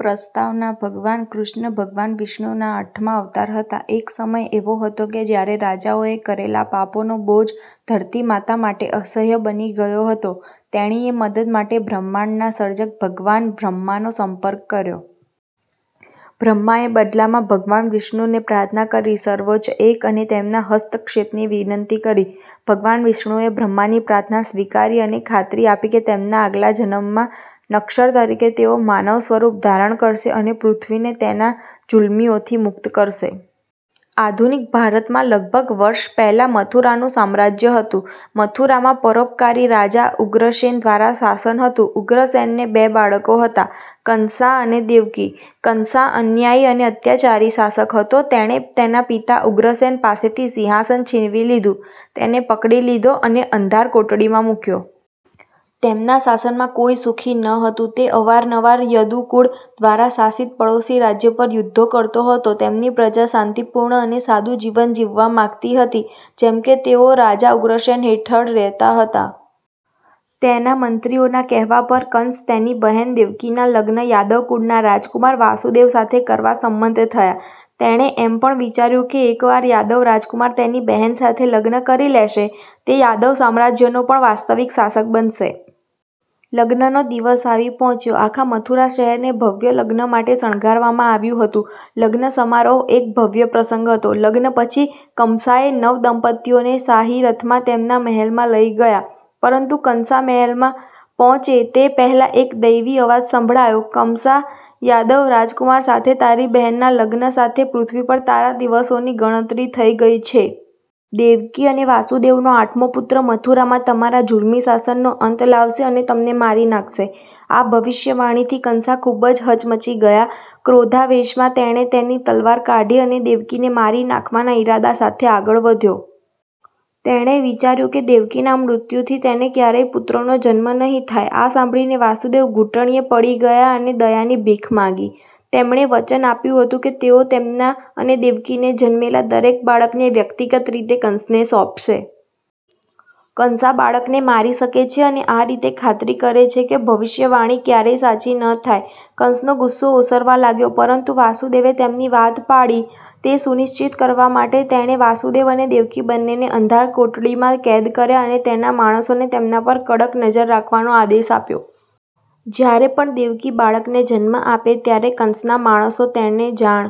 પ્રસ્તાવના: ભગવાન કૃષ્ણ ભગવાન વિષ્ણુના આઠમા અવતાર હતા. એક સમય એવો હતો કે જ્યારે રાજાઓએ કરેલા પાપોનો બોજ ધરતી માતા માટે અસહ્ય બની ગયો હતો. તેણીએ મદદ માટે બ્રહ્માંડના સર્જક ભગવાન બ્રહ્માનો સંપર્ક કર્યો. બ્રહ્માએ બદલામાં ભગવાન વિષ્ણુને પ્રાર્થના કરી, સર્વોચ્ચ એક, અને તેમના હસ્તક્ષેપની વિનંતી કરી. ભગવાન વિષ્ણુએ બ્રહ્માની પ્રાર્થના સ્વીકારી અને ખાતરી આપી કે તેમના આગલા જન્મમાં નશ્વર તરીકે તેઓ માનવ સ્વરૂપ ધારણ કરશે અને પૃથ્વીને તેના જુલમીઓથી મુક્ત કરશે. આધુનિક ભારતમાં લગભગ વર્ષ પહેલાં, મથુરાનું સામ્રાજ્ય હતું. મથુરામાં પરોપકારી રાજા ઉગ્રસેન દ્વારા શાસન હતું. ઉગ્રસેનને બે બાળકો હતા, કંસા અને દેવકી. કંસા અન્યાયી અને અત્યાચારી શાસક હતો. તેણે તેના પિતા ઉગ્રસેન પાસેથી સિંહાસન છીનવી લીધું, તેને પકડી લીધો અને અંધારકોટડીમાં મૂક્યો. તેમના શાસનમાં કોઈ સુખી ન હતું. તે અવારનવાર યદુ કુળ દ્વારા શાસિત પડોશી રાજ્ય પર યુદ્ધો કરતો હતો. તેમની પ્રજા શાંતિપૂર્ણ અને સાદું જીવન જીવવા માંગતી હતી, જેમ કે તેઓ રાજા ઉગ્રસેન હેઠળ રહેતા હતા. તેના મંત્રીઓના કહેવા પર, કંસ તેની બહેન દેવકીના લગ્ન યાદવ કુળના રાજકુમાર – વાસુદેવ સાથે કરવા સંમત થયા. તેણે એમ પણ વિચાર્યું કે એકવાર યાદવ રાજકુમાર તેની બહેન સાથે લગ્ન કરી લેશે, તે યાદવ સામ્રાજ્યનો પણ વાસ્તવિક શાસક બનશે. લગ્નનો દિવસ આવી પહોંચ્યો. આખા મથુરા શહેરને ભવ્ય લગ્ન માટે શણગારવામાં આવ્યું હતું. લગ્ન સમારોહ એક ભવ્ય પ્રસંગ હતો. લગ્ન પછી, કમસાએ નવદંપતીઓને શાહી રથમાં તેમના મહેલમાં લઈ ગયા. પરંતુ કંસા મહેલમાં પહોંચે તે પહેલાં એક દૈવી અવાજ સંભળાયો, કમસા, યાદવ રાજકુમાર સાથે તારી બહેનના લગ્ન સાથે, પૃથ્વી પર તારા દિવસોની ગણતરી થઈ ગઈ છે. દેવકી અને વાસુદેવનો આઠમો પુત્ર મથુરામાં તમારા જુલમી શાસનનો અંત લાવશે અને તમને મારી નાખશે. આ ભવિષ્યવાણીથી કંસા ખૂબ જ હચમચી ગયા. ક્રોધાવેશમાં, તેણે તેની તલવાર કાઢી, અને દેવકીને મારી નાખવાના ઇરાદા સાથે આગળ વધ્યો. તેણે વિચાર્યું કે દેવકીના મૃત્યુથી તેને ક્યારેય પુત્રનો જન્મ નહીં થાય. આ સાંભળીને વાસુદેવ ઘૂંટણિયે પડી ગયા અને દયાની ભીખ માંગી. તેમણે વચન આપ્યું હતું કે તેઓ તેમના અને દેવકીને જન્મેલા દરેક બાળકને વ્યક્તિગત રીતે કંસને સોંપશે. કંસા બાળકને મારી શકે છે અને આ રીતે ખાતરી કરે છે કે ભવિષ્યવાણી ક્યારેય સાચી ન થાય. કંસનો ગુસ્સો ઓસરવા લાગ્યો. પરંતુ વાસુદેવે તેમની વાત પાળી તે સુનિશ્ચિત કરવા માટે, તેણે વાસુદેવ અને દેવકી બંનેને અંધારકોટડીમાં કેદ કર્યા અને તેના માણસોને તેમના પર કડક નજર રાખવાનો આદેશ આપ્યો. જ્યારે પણ દેવકી બાળકને જન્મ આપે ત્યારે કંસના માણસો તેને જાણ